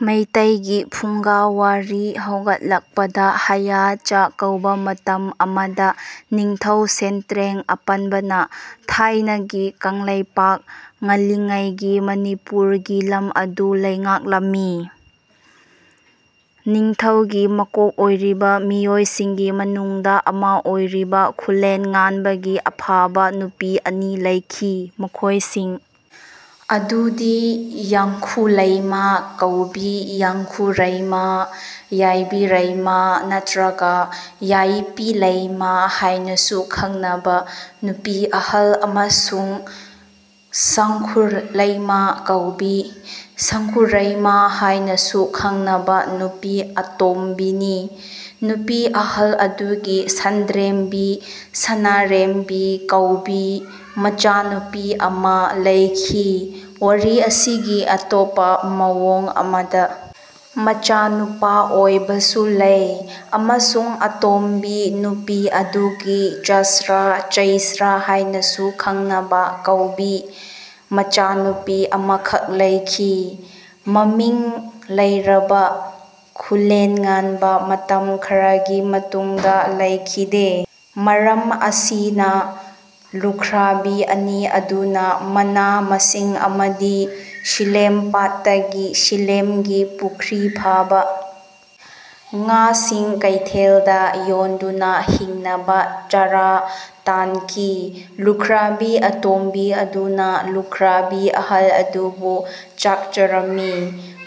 ꯃꯤꯇꯩꯒꯤ ꯐꯨꯡꯒꯥꯋꯥꯔꯤ ꯍꯧꯒꯠꯂꯛꯄꯗ ꯍꯌꯥ ꯆꯛ ꯀꯧꯕ ꯃꯇꯝ ꯑꯃꯗ ꯅꯤꯡꯊꯧ ꯁꯦꯟꯇ꯭ꯔꯦꯡ ꯑꯄꯥꯟꯕꯅ ꯊꯥꯢꯅꯒꯤ ꯀꯡꯂꯩꯄꯥꯛ (ꯉꯜꯂꯤꯉꯩꯒꯤ ꯃꯅꯤꯄꯨꯔ) ꯒꯤ ꯂꯝ ꯑꯗꯨ ꯂꯩꯉꯥꯛꯂꯝꯃꯤ꯫ ꯅꯤꯡꯊꯧꯒꯤ ꯃꯀꯣꯛ ꯑꯣꯏꯔꯤꯕ ꯃꯤꯑꯣꯏꯁꯤꯡꯒꯤ ꯃꯅꯨꯡꯗ ꯑꯃ ꯑꯣꯏꯔꯤꯕ ꯈꯨꯂꯦꯟ ꯉꯥꯟꯕꯒꯤ ꯑꯐꯕ ꯅꯨꯄꯤ ꯑꯅꯤ ꯂꯩꯈꯤ, ꯃꯈꯣꯏꯁꯤꯡ ꯑꯗꯨꯗꯤ ꯌꯥꯡꯈꯨꯂꯩꯃ ꯀꯧꯕꯤ (ꯌꯥꯡꯈꯨꯔꯩꯃ, ꯌꯥꯏꯕꯤꯔꯩꯃ ꯅꯠꯇ꯭ꯔꯒ ꯌꯥꯏꯄꯤꯂꯩꯃ ꯍꯥꯢꯅꯁꯨ ꯈꯪꯅꯕ) ꯅꯨꯄꯤ ꯑꯍꯜ ꯑꯃꯁꯨꯡ ꯁꯪꯈꯨꯂꯩꯃ ꯀꯧꯕꯤ (ꯁꯪꯈꯨꯔꯩꯃ ꯍꯥꯢꯅꯁꯨ ꯈꯪꯅꯕ) ꯅꯨꯄꯤ ꯑꯇꯣꯝꯕꯤꯅꯤ꯫ ꯅꯨꯄꯤ ꯑꯍꯜ ꯑꯗꯨꯒꯤ ꯁꯟꯗ꯭ꯔꯦꯝꯕꯤ (ꯁꯅꯔꯦꯝꯕꯤ) ꯀꯧꯕꯤ ꯃꯆꯥꯅꯨꯄꯤ ꯑꯃ ꯂꯩꯈꯤ (ꯋꯥꯔꯤ ꯑꯁꯤꯒꯤ ꯑꯇꯣꯞꯄ ꯃꯑꯣꯡ ꯑꯃꯗ ꯃꯆꯥꯅꯨꯄꯥꯑꯣꯢꯕꯁꯨ ꯂꯩ) ꯑꯃꯁꯨꯡ ꯑꯇꯣꯝꯕꯤ ꯅꯨꯄꯤ ꯑꯗꯨꯒꯤ ꯆꯁ꯭ꯔꯥ (ꯆꯩꯁ꯭ꯔꯥ ꯍꯥꯢꯅꯁꯨ ꯈꯪꯅꯕ) ꯀꯧꯕꯤ ꯃꯆꯥꯅꯨꯄꯤ ꯑꯃꯈꯛ ꯂꯩꯈꯤ꯫ ꯃꯃꯤꯡ ꯂꯩꯔꯕ ꯈꯨꯂꯦꯟ ꯉꯥꯟꯕ ꯃꯇꯝ ꯈꯔꯒꯤ ꯃꯇꯨꯡꯗ ꯂꯩꯈꯤꯗꯦ꯫ ꯃꯔꯝ ꯑꯁꯤꯅ ꯂꯨꯈ꯭ꯔꯥꯕꯤ ꯑꯅꯤ ꯑꯗꯨꯅ ꯃꯅꯥ-ꯃꯁꯤꯡ ꯑꯃꯗꯤ ꯁꯤꯂꯦꯝꯄꯥꯠꯇꯒꯤ (ꯁꯤꯂꯦꯝꯒꯤ ꯄꯨꯈ꯭ꯔꯤ) ꯐꯥꯕ ꯉꯥꯁꯤꯡ ꯀꯩꯊꯦꯜꯗ ꯌꯣꯟꯗꯨꯅ ꯍꯤꯡꯅꯕ ꯆꯔꯥ ꯇꯥꯟꯈꯤ꯫ ꯂꯨꯈ꯭ꯔꯥꯕꯤ ꯑꯇꯣꯝꯕꯤ ꯑꯗꯨꯅ ꯂꯨꯈ꯭ꯔꯥꯕꯤ ꯑꯍꯜ ꯑꯗꯨꯕꯨ ꯆꯥꯛꯆꯔꯝꯃꯤ꯫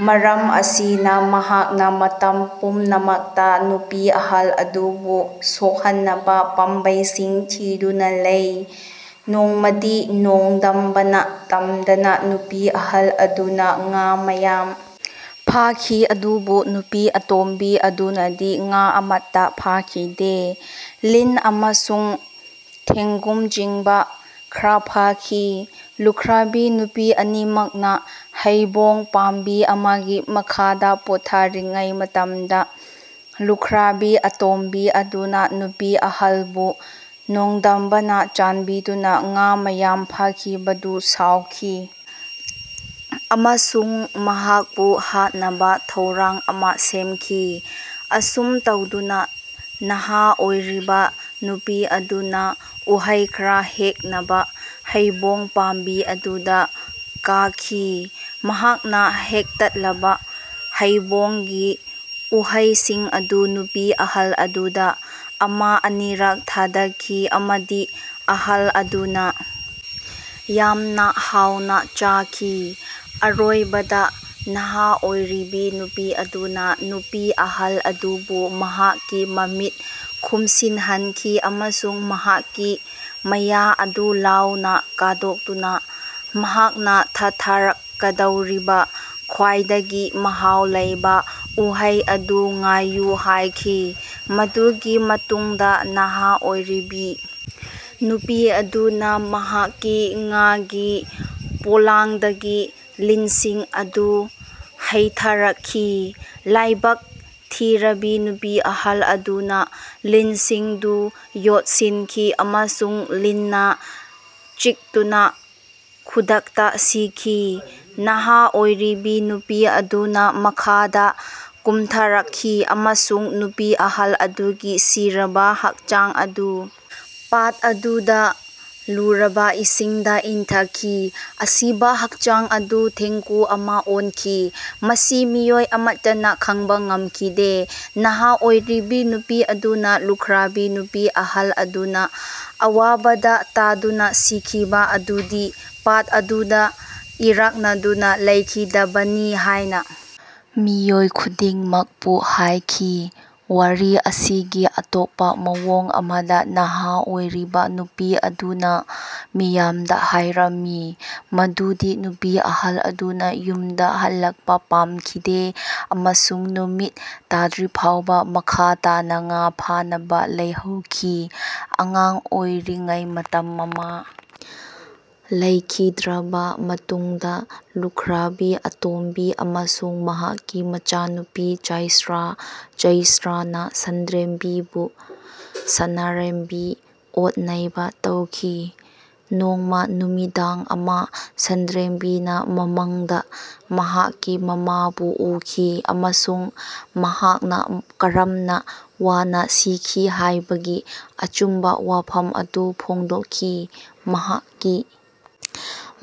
ꯃꯔꯝ ꯑꯁꯤꯅ ꯃꯍꯥꯛꯅ ꯃꯇꯝ ꯄꯨꯝꯅꯃꯛꯇ ꯅꯨꯄꯤ ꯑꯍꯜ ꯑꯗꯨꯕꯨ ꯁꯣꯛꯍꯟꯅꯕ ꯄꯥꯝꯕꯩꯁꯤꯡ ꯊꯤꯗꯨꯅ ꯂꯩ꯫ ꯅꯣꯡꯃꯗꯤ ꯅꯣꯡꯗꯝꯕꯅ ꯇꯝꯗꯅ ꯅꯨꯄꯤ ꯑꯍꯜ ꯑꯗꯨꯅ ꯉꯥ ꯃꯌꯥꯝ ꯐꯥꯈꯤ ꯑꯗꯨꯕꯨ ꯅꯨꯄꯤ ꯑꯇꯣꯝꯕꯤ ꯑꯗꯨꯅꯗꯤ ꯉꯥ ꯑꯃꯠꯇ ꯐꯥꯈꯤꯗꯦ, ꯂꯤꯟ ꯑꯃꯁꯨꯡ ꯊꯦꯡꯒꯨꯅꯆꯤꯡꯕ ꯈꯔ ꯐꯥꯈꯤ꯫ ꯂꯨꯈ꯭ꯔꯥꯕꯤ ꯅꯨꯄꯤ ꯑꯅꯤꯃꯛꯅ ꯍꯩꯕꯣꯡ ꯄꯥꯝꯕꯤ ꯑꯃꯒꯤ ꯃꯈꯥꯗ ꯄꯣꯊꯥꯔꯤꯉꯩ ꯃꯇꯝꯗ ꯂꯨꯈ꯭ꯔꯥꯕꯤ ꯑꯇꯣꯝꯕꯤ ꯑꯗꯨꯅ ꯅꯨꯄꯤ ꯑꯍꯜꯕꯨ ꯅꯣꯡꯗꯝꯕꯅ ꯆꯥꯟꯕꯤꯗꯨꯅ ꯉꯥ ꯃꯌꯥꯝ ꯐꯥꯈꯤꯕꯗꯨ ꯁꯥꯎꯈꯤ ꯑꯃꯁꯨꯡ ꯃꯍꯥꯛꯄꯨ ꯍꯥꯠꯅꯕ ꯊꯧꯔꯥꯡ ꯑꯃ ꯁꯦꯝꯈꯤ꯫ ꯑꯁꯨꯝ ꯇꯧꯗꯨꯅ ꯅꯍꯥ ꯑꯣꯏꯔꯤꯕ ꯅꯨꯄꯤ ꯑꯗꯨꯅ ꯎꯍꯩ ꯈꯔ ꯍꯦꯛꯅꯕ ꯍꯩꯕꯣꯡ ꯄꯥꯝꯕꯤ ꯑꯗꯨꯗ ꯀꯥꯈꯤ꯫ ꯃꯍꯥꯛꯅ ꯍꯦꯛꯇꯠꯂꯕ ꯍꯩꯕꯣꯡꯒꯤ ꯎꯍꯩꯁꯤꯡ ꯑꯗꯨ ꯅꯨꯄꯤ ꯑꯍꯜ ꯑꯗꯨꯗ ꯑꯃ ꯑꯅꯤꯔꯛ ꯊꯥꯗꯈꯤ ꯑꯃꯗꯤ ꯑꯍꯜ ꯑꯗꯨꯅ ꯌꯥꯝꯅ ꯍꯥꯎꯅ ꯆꯥꯈꯤ꯫ ꯑꯔꯣꯢꯕꯗ, ꯅꯍꯥ ꯑꯣꯢꯔꯤꯕꯤ ꯅꯨꯄꯤ ꯑꯗꯨꯅ ꯅꯨꯄꯤ ꯑꯍꯜ ꯑꯗꯨꯕꯨ ꯃꯍꯥꯛꯀꯤ ꯃꯃꯤꯠ ꯈꯨꯝꯁꯤꯟꯍꯟꯈꯤ ꯑꯃꯁꯨꯡ ꯃꯍꯥꯛꯀꯤ ꯃꯌꯥ ꯑꯗꯨ ꯂꯥꯎꯅ ꯀꯥꯗꯣꯛꯇꯨꯅ ꯃꯍꯥꯛꯅ ꯊꯥꯊꯔꯛꯀꯗꯧꯔꯤꯕ ꯈ꯭ꯋꯥꯢꯗꯒꯤ ꯃꯍꯥꯎ ꯂꯩꯕ ꯎꯍꯩ ꯑꯗꯨ ꯉꯥꯢꯌꯨ ꯍꯥꯢꯈꯤ꯫ ꯃꯗꯨꯒꯤ ꯃꯇꯨꯡꯗ ꯅꯍꯥ ꯑꯣꯢꯔꯤꯕꯤ ꯅꯨꯄꯤ ꯑꯗꯨꯅ ꯃꯍꯥꯛꯀꯤ ꯉꯥꯒꯤ ꯄꯣꯂꯥꯡꯗꯒꯤ ꯂꯤꯟꯁꯤꯡ ꯑꯗꯨ ꯍꯩꯊꯔꯛꯈꯤ꯫ ꯂꯥꯢꯕꯛ ꯊꯤꯔꯕꯤ ꯅꯨꯄꯤ ꯑꯍꯜ ꯑꯗꯨꯅ ꯂꯤꯟꯁꯤꯡꯗꯨ ꯌꯣꯠꯁꯤꯟꯈꯤ ꯑꯃꯁꯨꯡ ꯂꯤꯟꯅ ꯆꯤꯛꯇꯨꯅ ꯈꯨꯗꯛꯇ ꯁꯤꯈꯤ꯫ ꯅꯍꯥ ꯑꯣꯢꯔꯤꯕꯤ ꯅꯨꯄꯤ ꯑꯗꯨꯅ ꯃꯈꯥꯗ ꯀꯨꯝꯊꯔꯛꯈꯤ ꯑꯃꯁꯨꯡ ꯅꯨꯄꯤ ꯑꯍꯜ ꯑꯗꯨꯒꯤ ꯁꯤꯔꯕ ꯍꯛꯆꯥꯡ ꯑꯗꯨ ꯄꯥꯠ ꯑꯗꯨꯒꯤ ꯂꯨꯔꯕ ꯏꯁꯤꯡꯗ ꯏꯟꯊꯈꯤ꯫ ꯑꯁꯤꯕ ꯍꯛꯆꯥꯡ ꯑꯗꯨ ꯊꯦꯡꯒꯨ ꯑꯃ ꯑꯣꯟꯈꯤ꯫ ꯃꯁꯤ ꯃꯤꯑꯣꯢ ꯑꯃꯠꯇꯅ ꯈꯡꯕ ꯉꯝꯈꯤꯗꯦ꯫ ꯅꯍꯥ ꯑꯣꯢꯔꯤꯕꯤ ꯅꯨꯄꯤ ꯑꯗꯨꯅ ꯂꯨꯈ꯭ꯔꯥꯕꯤ ꯅꯨꯄꯤ ꯑꯍꯜ ꯑꯗꯨꯅ ꯑꯋꯥꯕꯗ ꯇꯥꯗꯨꯅ ꯁꯤꯈꯤꯕ ꯑꯗꯨꯗꯤ ꯄꯥꯠ ꯑꯗꯨꯗ ꯏꯔꯥꯛꯅꯗꯨꯅ ꯂꯩꯈꯤꯗꯕꯅꯤ ꯍꯥꯢꯅ ꯃꯤꯑꯣꯏ ꯈꯨꯗꯤꯡꯃꯛꯄꯨ ꯍꯥꯏꯈꯤ꯫ ꯋꯥꯔꯤ ꯑꯁꯤꯒꯤ ꯑꯇꯣꯞꯄ ꯃꯑꯣꯡ ꯑꯃꯗ ꯅꯍꯥ ꯑꯣꯏꯔꯤꯕ ꯅꯨꯄꯤ ꯑꯗꯨꯅ ꯃꯤꯌꯥꯝꯗ ꯍꯥꯏꯔꯝꯃꯤ ꯃꯗꯨꯗꯤ ꯅꯨꯄꯤ ꯑꯍꯜ ꯑꯗꯨꯅ ꯌꯨꯝꯗ ꯍꯜꯂꯛꯄ ꯄꯥꯝꯈꯤꯗꯦ ꯑꯃꯁꯨꯡ ꯅꯨꯃꯤꯠ ꯇꯥꯗ꯭ꯔꯤꯐꯥꯎꯕ ꯃꯈꯥ ꯇꯥꯅ ꯉꯥ ꯐꯥꯅꯕ ꯂꯩꯍꯧꯈꯤ꯫ ꯑꯉꯥꯡ ꯑꯣꯢꯔꯤꯉꯩ ꯃꯇꯝ ꯃꯃꯥ ꯂꯩꯈꯤꯗ꯭ꯔꯕ ꯃꯇꯨꯡꯗ ꯂꯨꯈ꯭ꯔꯥꯕꯤ ꯑꯇꯣꯝꯕꯤ ꯑꯃꯁꯨꯡ ꯃꯍꯥꯛꯀꯤ ꯃꯆꯥꯅꯨꯄꯤ ꯆꯥꯢꯁ꯭ꯔꯥ (ꯆꯩꯁ꯭ꯔꯥ) ꯅ ꯁꯟꯗ꯭ꯔꯦꯝꯕꯤꯕꯨ (ꯁꯅꯔꯦꯝꯕꯤ) ꯑꯣꯠ-ꯅꯩꯕ ꯇꯧꯈꯤ꯫ ꯅꯣꯡꯃ ꯅꯨꯃꯤꯗꯥꯡ ꯑꯃ, ꯁꯟꯗ꯭ꯔꯦꯝꯕꯤꯅ ꯃꯃꯪꯗ ꯃꯍꯥꯛꯀꯤ ꯃꯃꯥꯕꯨ ꯎꯈꯤ ꯑꯃꯁꯨꯡ ꯃꯍꯥꯛꯅ ꯀꯔꯝꯅ ꯋꯥꯅꯥ ꯁꯤꯈꯤ ꯍꯥꯢꯕꯒꯤ ꯑꯆꯨꯝꯕ ꯋꯥꯐꯝ ꯑꯗꯨ ꯐꯣꯡꯗꯣꯛꯈꯤ꯫ ꯃꯍꯥꯛꯀꯤ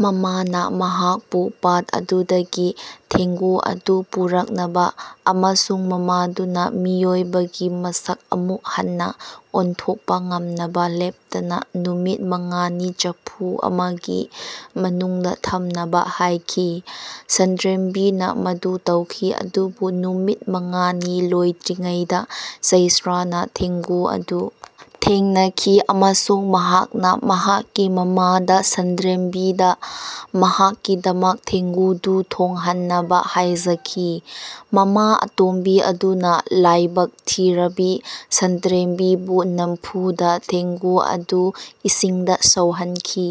ꯃꯃꯥꯅ ꯃꯍꯥꯛꯄꯨ ꯄꯥꯠ ꯑꯗꯨꯗꯒꯤ ꯊꯦꯡꯒꯨ ꯑꯗꯨ ꯄꯨꯔꯛꯅꯕ ꯑꯃꯁꯨꯡ ꯃꯃꯥꯗꯨꯅ ꯃꯤꯑꯣꯢꯕꯒꯤ ꯃꯁꯛ ꯑꯃꯨꯛ ꯍꯟꯅ ꯑꯣꯟꯊꯣꯛꯄ ꯉꯝꯅꯕ ꯂꯦꯞꯇꯅ ꯅꯨꯃꯤꯠ ꯃꯉꯥꯅꯤ ꯆꯐꯨ ꯑꯃꯒꯤ ꯃꯅꯨꯡꯗ ꯊꯝꯅꯕ ꯍꯥꯢꯈꯤ꯫ ꯁꯟꯗ꯭ꯔꯦꯝꯕꯤꯅ ꯃꯗꯨ ꯇꯧꯈꯤ ꯑꯗꯨꯕꯨ ꯅꯨꯃꯤꯠ ꯃꯉꯥꯅꯤ ꯂꯣꯢꯗ꯭ꯔꯤꯉꯩꯗ ꯆꯩꯁ꯭ꯔꯥꯅ ꯊꯦꯡꯒꯨ ꯑꯗꯨ ꯊꯦꯡꯅꯈꯤ ꯑꯃꯁꯨꯡ ꯃꯍꯥꯛꯅ ꯃꯍꯥꯛꯀꯤ ꯃꯃꯥꯗ ꯁꯟꯗ꯭ꯔꯦꯝꯕꯤꯗ ꯃꯍꯥꯛꯀꯤꯗꯃꯛ ꯊꯦꯡꯒꯨꯗꯨ ꯊꯣꯡꯍꯟꯅꯕ ꯍꯥꯢꯖꯈꯤ꯫ ꯃꯃꯥ ꯑꯇꯣꯝꯕꯤ ꯑꯗꯨꯅ ꯂꯥꯢꯕꯛ ꯊꯤꯔꯕꯤ ꯁꯟꯗ꯭ꯔꯦꯝꯕꯤꯕꯨ ꯅꯝꯐꯨꯗ ꯊꯦꯡꯒꯨ ꯑꯗꯨ ꯏꯁꯤꯡꯗ ꯁꯧꯍꯟꯈꯤ꯫